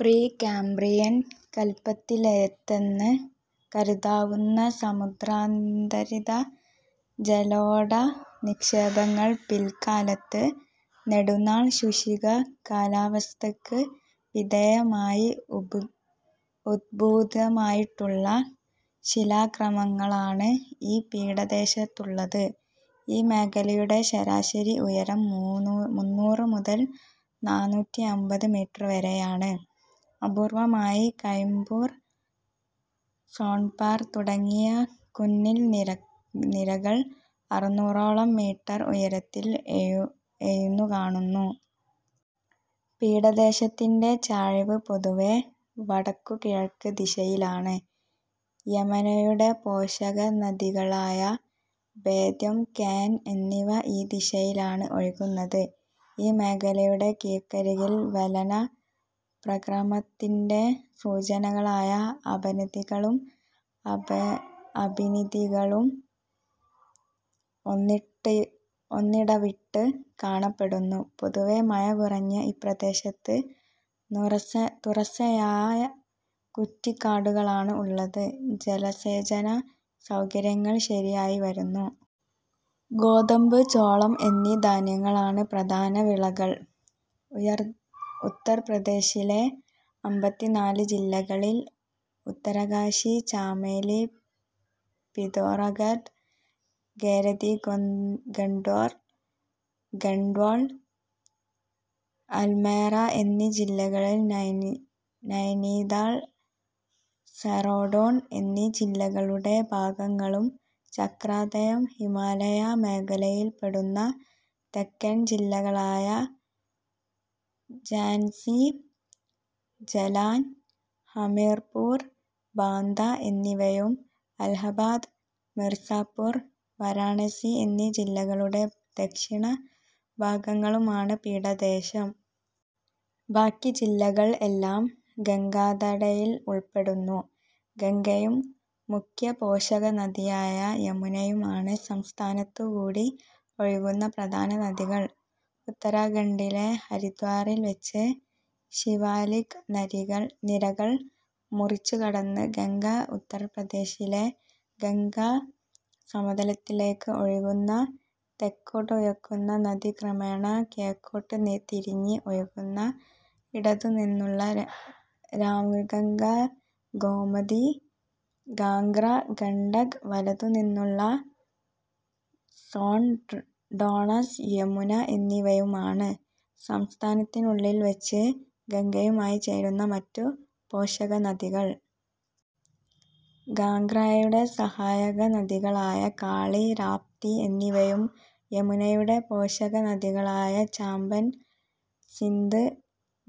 Pre Cambrian കൽപ്പത്തിലേതെന്ന് കരുതാവുന്ന സമുദ്രാന്തരിത ജലോഢ നിക്ഷേപങ്ങൾ പിൽക്കാലത്ത് നെടുനാൾ ശുഷ്ക കാലാവസ്ഥയ്ക്ക് വിധേയമായി ഉദ്ഭൂതമായിട്ടുള്ള ശിലാക്രമങ്ങളാണ് ഈ പീഠദേശത്തുള്ളത്. ഈ മേഖലയുടെ ശരാശരി ഉയരം മൂന്നൂറ് മുതൽ നാനൂറ്റി അമ്പത് മീറ്റർ വരെയാണ്. അപൂർവമായി കയിംപൂർ, സോൺപാർ തുടങ്ങിയ കുന്നിൻ നിരകൾ ആറന്നൂറോളം മീറ്റർ ഉയരത്തിൽ എഴുന്നു കാണുന്നു. പീഠദേശത്തിൻ്റെ ചായ്‌വ് പൊതുവേ വടക്കുകിഴക്ക് ദിശയിലാണ്. യമുനയുടെ പോഷകനദികളായ ബേത്വ, കേൻ എന്നിവ ഈ ദിശയിലാണ് ഒഴുകുന്നത്. ഈ മേഖലയുടെ കിഴക്കരികിൽ വലന പ്രക്രമത്തിൻ്റെ സൂചകങ്ങളായ അപനതികളും അഭിനദികളും ഒന്നിടവിട്ട് കാണപ്പെടുന്നു. പൊതുവേ മഴ കുറഞ്ഞ ഈ പ്രദേശത്ത് തുറസ്സായ കുറ്റിക്കാടുകളാണ് ഉള്ളത്. ജലസേചന സൗകര്യങ്ങൾ ശരിയായി വരുന്നു. ഗോതമ്പ്, ചോളം എന്നീ ധാന്യങ്ങളാണ് പ്രധാന വിളകൾ. ഉത്തർപ്രദേശിലെ അമ്പത്തിനാല് ജില്ലകളിൽ ഉത്തരകാശി, ചമോലി, പിതോറാഗഡ്, തേരീഗഡ്വാൾ, ഗഡ്വാൾ, അൽമോറ എന്നീ ജില്ലകളും നൈനീതാൾ, ഡെറാഡൂൺ എന്നീ ജില്ലകളുടെ ഭാഗങ്ങളും ചക്രാതയും ഹിമാലയ മേഖലയിൽ പെടുന്നു. തെക്കൻ ജില്ലകളായ ഝാൻസി, ജലാൻ, ഹമീർപൂർ, ബാന്ദ എന്നിവയും അലഹബാദ്, മിർസാപൂർ, വരാണസി എന്നീ ജില്ലകളുടെ ദക്ഷിണ ഭാഗങ്ങളുമാണ് പീഠദേശം. ബാക്കി ജില്ലകൾ എല്ലാം ഗംഗാതടത്തിൽ ഉൾപ്പെടുന്നു. ഗംഗയും മുഖ്യ പോഷകനദിയായ യമുനയുമാണ് സംസ്ഥാനത്തു കൂടി ഒഴുകുന്ന പ്രധാന നദികൾ. ഉത്തരാഖണ്ഡിലെ ഹരിദ്വാറിൽ വച്ച് ശിവാലിക് നിരകൾ മുറിച്ചു കടന്ന്, ഗംഗ, ഉത്തർപ്രദേശിലെ ഗംഗാ സമതലത്തിലേക്ക് ഒഴുകുന്നു. തെക്കോട്ടൊഴുകുന്ന നദി ക്രമേണ കിഴക്കോട്ട് തിരിഞ്ഞ് ഒഴുകുന്നു. ഇടത്തു നിന്നുള്ള രാംഗംഗ, ഗോമതി, ഘാഘ്ര, ഗണ്ഡക്, വലത്തു നിന്നുള്ള സോൺ, ടോൺസ്, യമുന എന്നിവയുമാണ് സംസ്ഥാനത്തിനുള്ളിൽ വച്ച് ഗംഗയുമായി ചേരുന്ന മറ്റു പോഷകനദികൾ. ഘാഘ്രയുടെ സഹായക നദികളായ കാളി, രാപ്തി എന്നിവയും യമുനയുടെ പോഷകനദികളായ ചംബൽ, സിന്ധ്,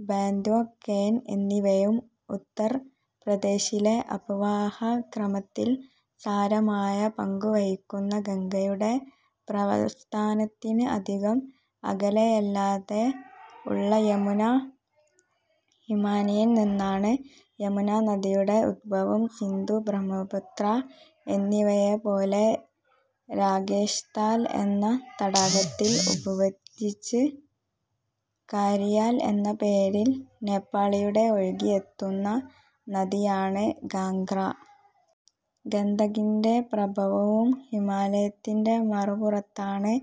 ബേത്വ, കേൻ എന്നിവയും ഉത്തർപ്രദേശിലെ അപവാഹ ക്രമത്തിൽ സാരമായ പങ്കു വഹിക്കുന്നു. ഗംഗയുടെ പ്രഭവസ്ഥാനത്തിന് അധികം അകലെയല്ലാതെ ഉള്ള യമുനാ ഹിമാനിയിൽ നിന്നാണ് യമുനാ നദിയുടെ ഉദ്ഭവം. സിന്ധു, ബ്രഹ്മപുത്ര എന്നിവയെ പോലെ രാകേഷ്താൽ എന്ന തടാകത്തിൽ ഉദ്ഭവിച്ച് കാരിയാല എന്ന പേരിൽ നേപ്പാളിലൂടെ ഒഴുകി എത്തുന്ന നദിയാണ് ഘാഘ്ര. ഗണ്ഡക്കിൻ്റെ പ്രഭവവും ഹിമാലയത്തിൻ്റെ മറുപുറത്താണ്.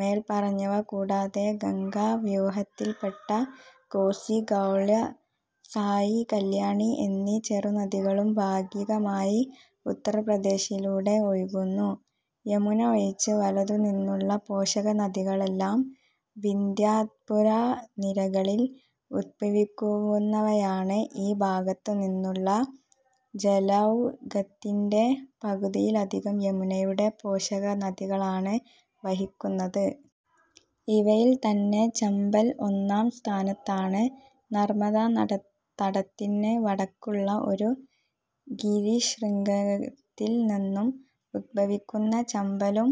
മേൽപ്പറഞ്ഞവ കൂടാതെ ഗംഗാ വ്യൂഹത്തിൽപ്പെട്ട കോസി, ഗൗള, സായി, കല്യാണി എന്നീ ചെറുനദികളും ഭാഗികമായി ഉത്തർപ്രദേശിലൂടെ ഒഴുകുന്നു. യമുന ഒഴിച്ച് വലത്തു നിന്നുള്ള പോഷകനദികളെല്ലാം വിന്ധ്യാ സത്പുരാ നിരകളിൽ ഉദ്ഭവിക്കുന്നവയാണ്. ഈ ഭാഗത്തു നിന്നുള്ള ജലൗഘത്തിൻ്റെ പകുതിയിലധികം യമുനയുടെ പോഷകനദികളാണ് വഹിക്കുന്നത്. ഇവയിൽത്തന്നെ ചംബൽ ഒന്നാം സ്ഥാനത്താണ്. നർമദാ തടത്തിന് വടക്കുള്ള ഒരു ഗിരിശൃംഗത്തിൽ നിന്നും ഉദ്ഭവിക്കുന്ന ചംബലും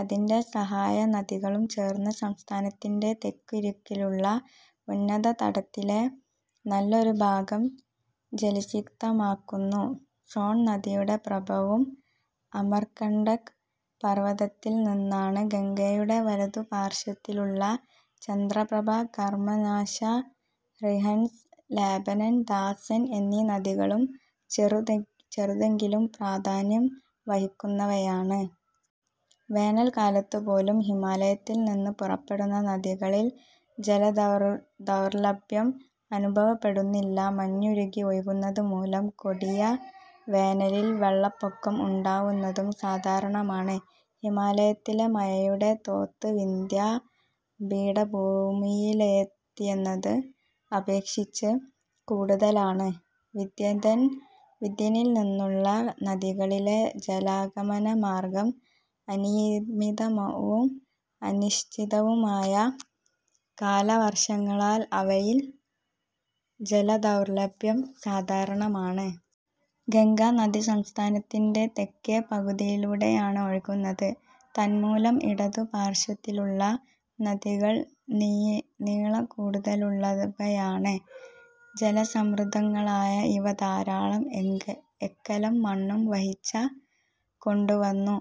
അതിൻ്റെ സഹായ നദികളും ചേർന്ന് സംസ്ഥാനത്തിൻ്റെ തെക്കരികിലുള്ള ഉന്നത തടത്തിലെ നല്ലൊരു ഭാഗം ജലസിക്തമാക്കുന്നു. സോൺ നദിയുടെ പ്രഭവം അമർകണ്ടക് പർവതത്തിൽ നിന്നാണ്. ഗംഗയുടെ വലതു പാർശ്വത്തിലുള്ള ചന്ദ്രപ്രഭ, കർമനാശ, റിഹൻഡ്, ബേലൻ, ദാസൻ എന്നീ നദികളും ചെറുതെങ്കിലും പ്രാധാന്യം വഹിക്കുന്നവയാണ്. വേനൽക്കാലത്ത് പോലും ഹിമാലയത്തിൽ നിന്ന് പുറപ്പെടുന്ന നദികളിൽ ജലദൗർലഭ്യം അനുഭവപ്പെടുന്നില്ല. മഞ്ഞുരുകി ഒഴുകുന്നത് മൂലം കൊടിയ വേനലിൽ വെള്ളപ്പൊക്കം ഉണ്ടാവുന്നതും സാധാരണമാണ്. ഹിമാലയത്തിലെ മഴയുടെ തോത് വിന്ധ്യാ പീഠഭൂമിയിലേതിനെ അപേക്ഷിച്ച് കൂടുതലാണ്. വിന്ധ്യനിൽ നിന്നുള്ള നദികളിലെ ജലാഗമന മാർഗ്ഗം അനിയമിതവും അനിശ്ചിതവുമായ കാലവർഷങ്ങളാൽ അവയിൽ ജലദൗർലഭ്യം സാധാരണമാണ്. ഗംഗാനദി സംസ്ഥാനത്തിൻ്റെ തെക്കേ പകുതിയിലൂടെയാണ് ഒഴുകുന്നത്. തന്മൂലം ഇടതു പാർശ്വത്തിലുള്ള നദികൾ നീളക്കൂടുതലുള്ളവയാണ്. ജലസമൃദ്ധങ്ങളായ ഇവ ധാരാളം എക്കലും മണ്ണും വഹിച്ചു കൊണ്ടുവന്ന്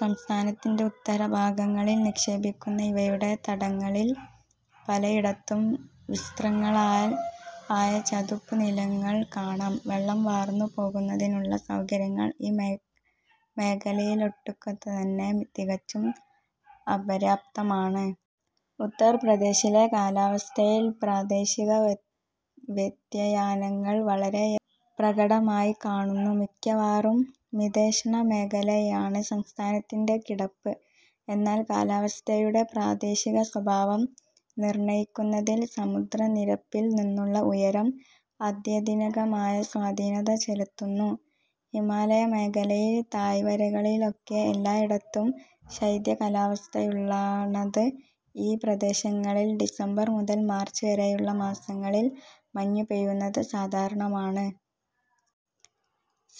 സംസ്ഥാനത്തിൻ്റെ ഉത്തര ഭാഗങ്ങളിൽ നിക്ഷേപിക്കുന്നു. ഇവയുടെ തടങ്ങളിൽ പലയിടത്തും വിസ്തൃതങ്ങളായ ചതുപ്പുനിലങ്ങൾ കാണാം. വെള്ളം വാർന്നു പോകുന്നതിനുള്ള സൗകര്യങ്ങൾ ഈ മേഖലയിലൊട്ടാകെത്തന്നെ തികച്ചും അപര്യാപ്തമാണ്. ഉത്തർപ്രദേശിലെ കാലാവസ്ഥയിൽ പ്രാദേശിക വ്യതിയാനങ്ങൾ വളരെയേറെ പ്രകടമായി കാണുന്നു. മിക്കവാറും മിതോഷ്ണ മേഖലയിലാണ് സംസ്ഥാനത്തിൻ്റെ കിടപ്പ്, എന്നാൽ കാലാവസ്ഥയുടെ പ്രാദേശിക സ്വഭാവം നിർണയിക്കുന്നതിൽ സമുദ്രനിരപ്പിൽ നിന്നുള്ള ഉയരം അത്യധികമായ സ്വാധീനത ചെലുത്തുന്നു. ഹിമാലയ മേഖലയിൽ താഴ്‌വരകളിലൊഴികെ എല്ലായിടത്തും ശൈത്യ കാലാവസ്ഥയാണുള്ളത്. ഈ പ്രദേശങ്ങളിൽ ഡിസംബർ മുതൽ മാർച്ച് വരെയുള്ള മാസങ്ങളിൽ മഞ്ഞുപെയ്യുന്നത് സാധാരണമാണ്.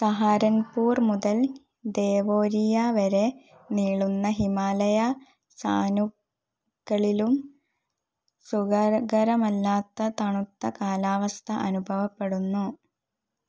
സഹാരൻപൂർ മുതൽ ദേവോരിയ വരെ നീളുന്ന ഹിമാലയ സാനുക്കളിലും സുഖകരമല്ലാത്ത തണുത്ത കാലാവസ്ഥ അനുഭവപ്പെടുന്നു.